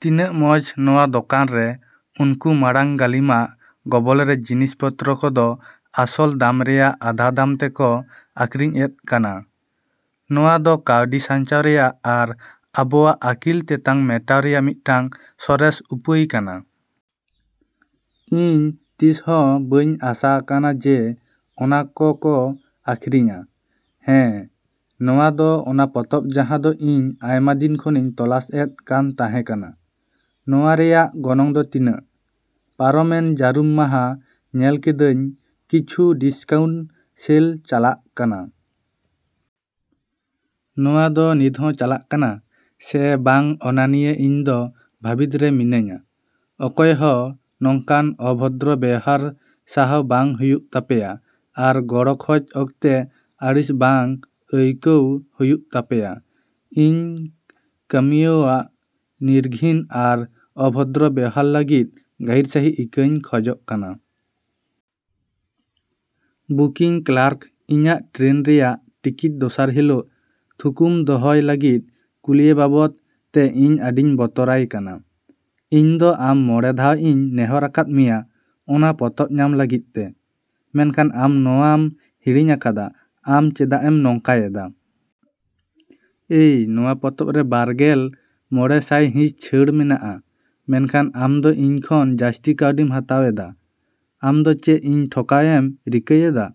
ᱛᱤᱱᱟᱜ ᱢᱚᱸᱡᱽ! ᱱᱚᱣᱟ ᱫᱚᱠᱟᱱ ᱨᱮ ᱩᱱᱠᱩ ᱢᱟᱲᱟᱝ ᱜᱟᱹᱞᱤᱢᱟᱜ ᱜᱚᱵᱚᱞᱨᱮ ᱡᱤᱱᱤᱥ ᱯᱚᱛᱨᱚ ᱠᱚᱫᱚ ᱟᱥᱚᱞ ᱫᱟᱢ ᱨᱮᱭᱟᱜ ᱟᱫᱷᱟ ᱫᱟᱢ ᱛᱮᱠᱚ ᱟᱹᱠᱷᱨᱤᱧ ᱮᱫ ᱠᱟᱱᱟ᱾ ᱱᱚᱣᱟ ᱫᱚ ᱠᱟᱹᱣᱰᱤ ᱥᱟᱧᱪᱟᱣ ᱨᱮᱭᱟᱜ ᱟᱨ ᱟᱵᱚᱣᱟᱜ ᱟᱹᱠᱤᱞ ᱛᱮᱛᱟᱝ ᱢᱮᱴᱟᱣ ᱨᱮᱭᱟᱜ ᱢᱤᱫᱴᱟᱝ ᱥᱚᱨᱮᱥ ᱩᱯᱟᱹᱭ ᱠᱟᱱᱟ᱾ ᱤᱧ ᱛᱤᱥᱦᱚ ᱵᱟᱹᱧ ᱟᱥᱟ ᱟᱠᱟᱱᱟ ᱡᱮ ᱚᱱᱟ ᱠᱚ ᱠᱚ ᱟᱹᱠᱷᱨᱤᱧᱟ᱾ ᱦᱮᱸ! ᱱᱚᱣᱟ ᱫᱚ ᱚᱱᱟ ᱯᱚᱛᱚᱵ ᱡᱟᱦᱟ ᱫᱚ ᱤᱧ ᱟᱭᱢᱟ ᱫᱤᱱ ᱠᱷᱚᱱᱤᱧ ᱛᱚᱞᱟᱥ ᱮᱫ ᱠᱟᱱ ᱛᱟᱦᱮᱸ ᱠᱟᱱᱟ᱾ ᱱᱚᱣᱟ ᱨᱮᱭᱟᱜ ᱜᱚᱱᱚᱝ ᱫᱚ ᱛᱤᱱᱟᱹᱜ? ᱯᱟᱨᱚᱢᱮᱱ ᱡᱟᱹᱨᱩᱢ ᱢᱟᱦᱟ ᱧᱮᱞ ᱠᱮᱫᱟᱹᱧ ᱠᱤᱪᱷᱩ ᱰᱤᱥᱠᱟᱣᱩᱱᱴ ᱥᱮᱞ ᱪᱟᱞᱟᱜ ᱠᱟᱱᱟ᱾ ᱱᱚᱣᱟ ᱫᱚ ᱱᱤᱛᱦᱚᱸ ᱪᱟᱞᱟᱜ ᱠᱟᱱᱟ ᱥᱮ ᱵᱟᱝ ᱚᱱᱟ ᱱᱤᱭᱟᱹ ᱤᱧ ᱫᱚ ᱵᱷᱟᱹᱵᱤᱛ ᱨᱮ ᱢᱤᱱᱟᱹᱧᱟ᱾ ᱚᱠᱚᱭᱦᱚ ᱱᱚᱝᱠᱟᱱ ᱚᱵᱷᱚᱫᱨᱚ ᱵᱮᱣᱦᱟᱨ ᱥᱟᱦᱟᱣ ᱵᱟᱝ ᱦᱩᱭᱩᱜ ᱛᱟᱯᱮᱭᱟ ᱟᱨ ᱜᱚᱲᱚ ᱠᱷᱚᱡ ᱚᱠᱛᱮ ᱟᱹᱲᱤᱥ ᱵᱟᱝ ᱟᱹᱭᱠᱟᱹᱣ ᱦᱩᱭᱩᱜ ᱛᱟᱯᱮᱭᱟ᱾ ᱤᱧ ᱠᱟᱹᱢᱤᱭᱟᱹᱣᱟᱜ ᱱᱤᱨᱜᱷᱤᱱ ᱟᱨ ᱚᱵᱷᱚᱫᱨᱚ ᱵᱮᱣᱦᱟᱨ ᱞᱟᱹᱜᱤᱫ ᱜᱟᱹᱦᱤᱨ ᱥᱟᱹᱦᱤᱡ ᱤᱠᱟᱹᱧ ᱠᱷᱚᱡᱚᱜ ᱠᱟᱱᱟ᱾ ᱵᱩᱠᱤᱝ ᱠᱞᱟᱨᱠ ᱤᱧᱟᱜ ᱴᱨᱮᱱ ᱨᱮᱭᱟᱜ ᱴᱤᱠᱤᱴ ᱫᱚᱥᱟᱨ ᱦᱤᱞᱳᱜ ᱛᱷᱩᱠᱩᱢ ᱫᱚᱦᱚᱭ ᱞᱟᱹᱜᱤᱫ ᱠᱩᱞᱤᱭᱮ ᱵᱟᱵᱚᱫ ᱛᱮ ᱤᱧ ᱟᱹᱰᱤᱧ ᱵᱚᱛᱚᱨᱟᱭ ᱠᱟᱱᱟ᱾ ᱤᱧ ᱫᱚ ᱟᱢ ᱢᱚᱸᱬᱮ ᱫᱷᱟᱣ ᱤᱧ ᱱᱮᱦᱚᱨ ᱟᱠᱟᱫ ᱢᱮᱭᱟ ᱚᱱᱟ ᱯᱚᱛᱚᱵ ᱧᱟᱢ ᱞᱟᱹᱜᱤᱫ ᱛᱮ, ᱢᱮᱱᱠᱷᱟᱱ ᱟᱢ ᱱᱚᱣᱟᱢ ᱦᱤᱲᱤᱧ ᱟᱠᱟᱫᱟ, ᱟᱢ ᱪᱮᱫᱟᱜ ᱮᱢ ᱱᱚᱝᱠᱟᱭᱮᱫᱟ? ᱮᱭ! ᱱᱚᱣᱟ ᱯᱚᱛᱚᱵ ᱨᱮ ᱵᱟᱨ ᱜᱮᱞ ᱢᱚᱸᱬᱮ ᱥᱟᱭᱦᱤᱸᱥ ᱪᱷᱟᱹᱲ ᱢᱮᱱᱟᱜᱼᱟ, ᱢᱮᱱᱠᱷᱟᱱ ᱟᱢ ᱫᱚ ᱤᱧ ᱠᱷᱚᱱ ᱡᱟᱹᱥᱛᱤ ᱠᱟᱹᱣᱰᱤᱢ ᱦᱟᱛᱟᱣ ᱮᱫᱟ᱾ ᱟᱢ ᱫᱚ ᱪᱮᱫ ᱤᱧ ᱴᱷᱚᱠᱟᱣᱮᱢ ᱨᱤᱠᱟᱹᱭᱮᱫᱟ?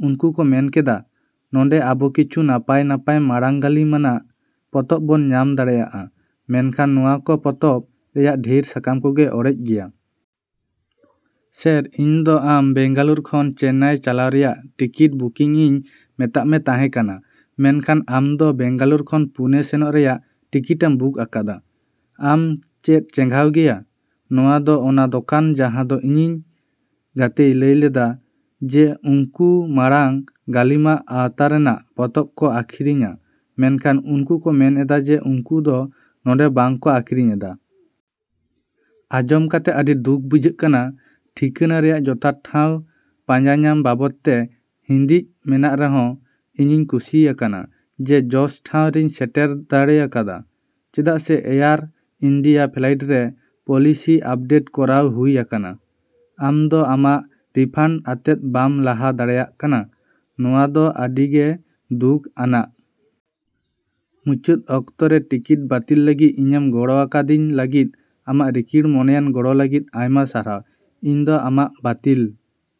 ᱩᱱᱠᱩ ᱠᱚ ᱢᱮᱱ ᱠᱮᱫᱟ, ᱱᱚᱰᱮᱸ ᱟᱵᱚ ᱠᱤᱪᱷᱩ ᱱᱟᱯᱟᱭ ᱱᱟᱯᱟᱭ ᱢᱟᱲᱟᱝ ᱜᱟᱹᱞᱤᱢᱟᱱᱟᱜ ᱯᱚᱛᱚᱵ ᱵᱚᱱ ᱧᱟᱢ ᱫᱟᱲᱮᱭᱟᱜᱼᱟ ᱢᱮᱱᱠᱷᱟᱱ ᱱᱚᱣᱟ ᱠᱚ ᱯᱚᱛᱚᱵ ᱨᱮᱭᱟᱜ ᱰᱷᱮᱨ ᱥᱟᱠᱟᱢ ᱠᱚᱜᱮ ᱚᱲᱮᱡ ᱜᱮᱭᱟ᱾ ᱥᱮᱹᱨ! ᱤᱧ ᱫᱚ ᱟᱢ ᱵᱮᱝᱜᱟᱞᱳᱨ ᱠᱷᱚᱱ ᱪᱮᱱᱱᱟᱭ ᱪᱟᱞᱟᱣ ᱨᱮᱭᱟᱜ ᱴᱤᱠᱤᱴ ᱵᱩᱠᱤᱝ ᱤᱧ ᱢᱮᱛᱟᱫ ᱢᱮ ᱛᱟᱦᱮᱸ ᱠᱟᱱᱟ ᱢᱮᱱ ᱠᱷᱟᱱ ᱟᱢ ᱫᱚ ᱵᱮᱝᱜᱟᱞᱳᱨ ᱠᱷᱚᱱ ᱯᱩᱱᱮ ᱥᱮᱱᱚᱜ ᱨᱮᱭᱟᱜ ᱴᱤᱠᱤᱴᱮᱢ ᱵᱩᱠ ᱟᱠᱟᱫᱟ᱾ ᱟᱢ ᱪᱮᱫ ᱪᱮᱸᱜᱷᱟᱣ ᱜᱮᱭᱟ? ᱱᱚᱶᱟ ᱫᱚ ᱚᱱᱟ ᱫᱳᱠᱟᱱ ᱡᱟᱦᱟᱸ ᱫᱚ ᱤᱧᱤᱡ ᱜᱟᱛᱮᱭ ᱞᱟᱹᱭ ᱞᱮᱫᱟ ᱡᱮ ᱩᱝᱠᱩ ᱢᱟᱲᱟᱝ ᱜᱟᱹᱞᱤᱢᱟᱜ ᱟᱣᱛᱟ ᱨᱮᱱᱟᱜ ᱯᱚᱛᱚᱵ ᱠᱚ ᱟᱹᱠᱷᱨᱤᱧᱼᱟ ᱢᱮᱱᱠᱷᱟᱱ ᱩᱱᱠᱩ ᱠᱚ ᱢᱮᱱ ᱮᱫᱟ ᱡᱮ ᱩᱝᱠᱩ ᱫᱚ ᱱᱚᱰᱮᱸ ᱵᱟᱝ ᱠᱚ ᱟᱹᱠᱷᱨᱤᱧ ᱮᱫᱟ᱾ ᱟᱸᱡᱚᱢ ᱠᱟᱛᱮᱫ ᱟᱹᱰᱤ ᱫᱩᱠᱷ ᱵᱩᱡᱷᱟᱹᱜ ᱠᱟᱱᱟ᱾ ᱴᱷᱤᱠᱟᱹᱱᱟ ᱨᱮᱭᱟᱜ ᱡᱚᱛᱷᱟᱛ ᱴᱷᱟᱶ ᱯᱟᱸᱡᱟᱧᱟᱢ ᱵᱟᱵᱚᱫ ᱛᱮ ᱦᱤᱸᱫᱤᱡ ᱢᱮᱱᱟᱜ ᱨᱮᱦᱚ, ᱤᱧᱤᱧ ᱠᱩᱥᱤ ᱟᱠᱟᱱᱟ ᱡᱮ ᱡᱚᱥ ᱴᱷᱟᱶ ᱨᱮᱧ ᱥᱮᱴᱮᱨ ᱰᱟᱲᱮ ᱟᱠᱟᱫᱟ᱾ ᱪᱮᱫᱟᱜ ᱥᱮ ᱮᱭᱟᱨ ᱤᱱᱰᱤᱭᱟ ᱯᱷᱞᱟᱭᱤᱴ ᱨᱮ ᱯᱚᱞᱤᱥᱤ ᱟᱯᱰᱮᱴ ᱠᱚᱨᱟᱣ ᱦᱩᱭᱟᱠᱟᱱᱟ, ᱟᱢ ᱫᱚ ᱟᱢᱟᱜ ᱨᱤᱯᱷᱟᱱᱰ ᱟᱛᱮᱫ ᱵᱟᱢ ᱞᱟᱦᱟ ᱫᱟᱲᱮᱭᱟᱜ ᱠᱟᱱᱟ, ᱱᱚᱣᱟ ᱫᱚ ᱟᱹᱰᱤ ᱜᱮ ᱫᱩᱠᱷ ᱟᱱᱟᱜ᱾ ᱢᱩᱪᱟᱹᱫ ᱚᱠᱛᱚ ᱨᱮ ᱴᱤᱠᱤᱴ ᱵᱟᱹᱛᱤᱞ ᱞᱟᱹᱜᱤᱫ ᱤᱧᱮᱢ ᱜᱚᱲᱚ ᱟᱠᱟᱫᱤᱧ ᱞᱟᱹᱜᱤᱫ ᱟᱢᱟᱜ ᱨᱤᱠᱤᱲ ᱢᱚᱱᱮᱭᱟᱱ ᱜᱚᱲᱚ ᱞᱟᱹᱜᱤᱫ ᱟᱭᱢᱟ ᱥᱟᱨᱦᱟᱣ, ᱤᱧ ᱫᱚ ᱟᱢᱟᱜ ᱵᱟᱹᱛᱤᱞᱼᱼ